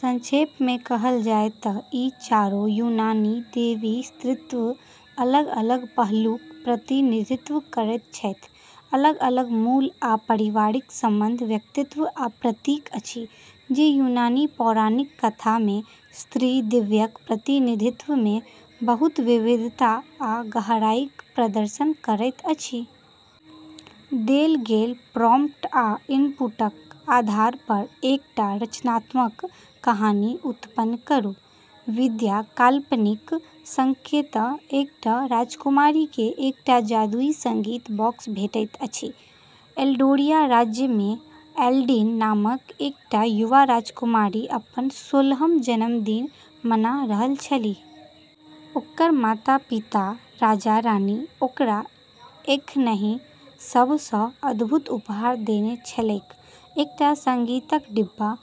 संक्षेपमे कहल जाय तँ ई चारो यूनानी देवी स्त्रीत्वक अलग-अलग पहलूक प्रतिनिधित्व करैत छथि, अलग-अलग मूल आ पारिवारिक संबंध, व्यक्तित्व आ प्रतीक अछि, जे यूनानी पौराणिक कथामे स्त्री दिव्यक प्रतिनिधित्वमे बहुत विविधता आ गहराईक प्रदर्शन करैत अछि। देल गेल प्रॉम्प्ट आ इनपुटक आधार पर एकटा रचनात्मक कहानी उत्पन्न करू। विधा: काल्पनिक संकेत: एकटा राजकुमारीकेँ एकटा जादुई संगीत बॉक्स भेटैत अछि। एल्डोरिया राज्यमे एडलिन नामक एकटा युवा राजकुमारी अपन सोलहम जन्मदिन मना रहल छलीह। ओकर माता-पिता राजा-रानी ओकरा एखनहि सभ सँ अद्भुत उपहार देने छलैक: एकटा संगीतक डिब्बा,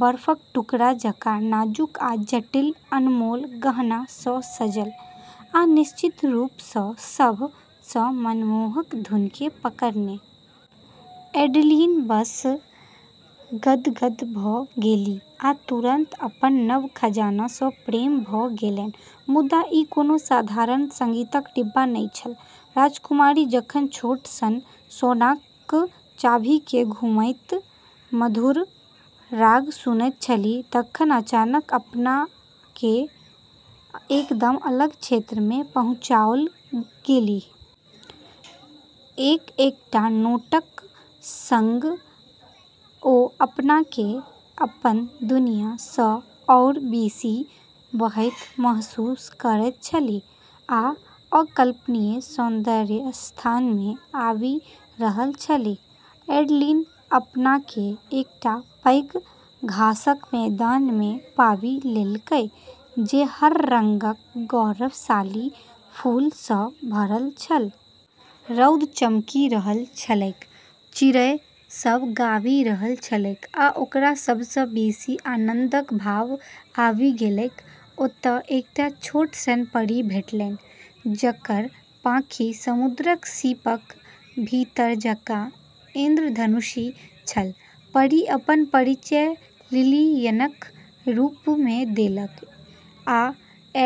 बर्फक टुकड़ा जकाँ नाजुक आ जटिल, अनमोल गहना सँ सजल, आ निश्चित रूप सँ, सभ सँ मनमोहक धुनकेँ पकड़ने। एडलिन बस गदगद भ’ गेलीह आ तुरंत अपन नव खजाना सँ प्रेम भ’ गेलैन। मुदा ई कोनो साधारण संगीतक डिब्बा नहि छल। राजकुमारी जखन छोट सन सोनाक चाभीकेँ घुमैत मधुर राग सुनैत छलीह तखन अचानक अपनाकेँ एकदम अलग क्षेत्रमे पहुँचाओल गेलीह। एक-एकटा नोटक संग ओ अपनाकेँ अपन दुनिया सँ आओर बेसी बहैत महसूस करैत छलीह आ अकल्पनीय सौन्दर्यक स्थानमे आबि रहल छलीह। एडलिन अपनाकेँ एकटा पैघ घासक मैदानमे पाबि लेलकै, जे हर रंगक गौरवशाली फूल सँ भरल छल। रौद चमकि रहल छलैक, चिड़ै सभ गाबि रहल छलैक, आ ओकरा सभ सँ बेसी आनन्दक भाव आबि गेलैक। ओतय एकटा छोट सन परी भेटलनि जकर पाँखि समुद्रक सीपक भीतर जकाँ इंद्रधनुषी छल। परी अपन परिचय लिलियनक रूपमे देलक आ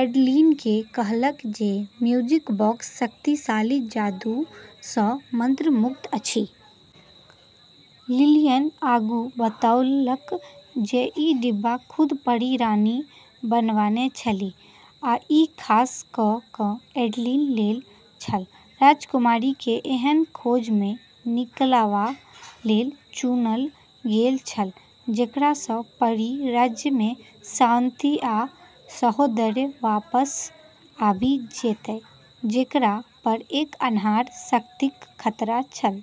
एडलिनकेँ कहलक जे म्यूजिक बॉक्स शक्तिशाली जादू सँ मंत्रमुग्ध अछि। लिलियन आगू बतौलक जे ई डिब्बा खुद परी रानी बनवाने छलीह आ ई खास क’ क’ एडलिन लेल छल। राजकुमारीकेँ एहन खोजमे निकलबा लेल चुनल गेल छल जेकरा सँ परी राज्यमे शांति आ सौहार्द वापस आबि जेतै, जेकरा पर एक अन्हार शक्तिक खतरा छल।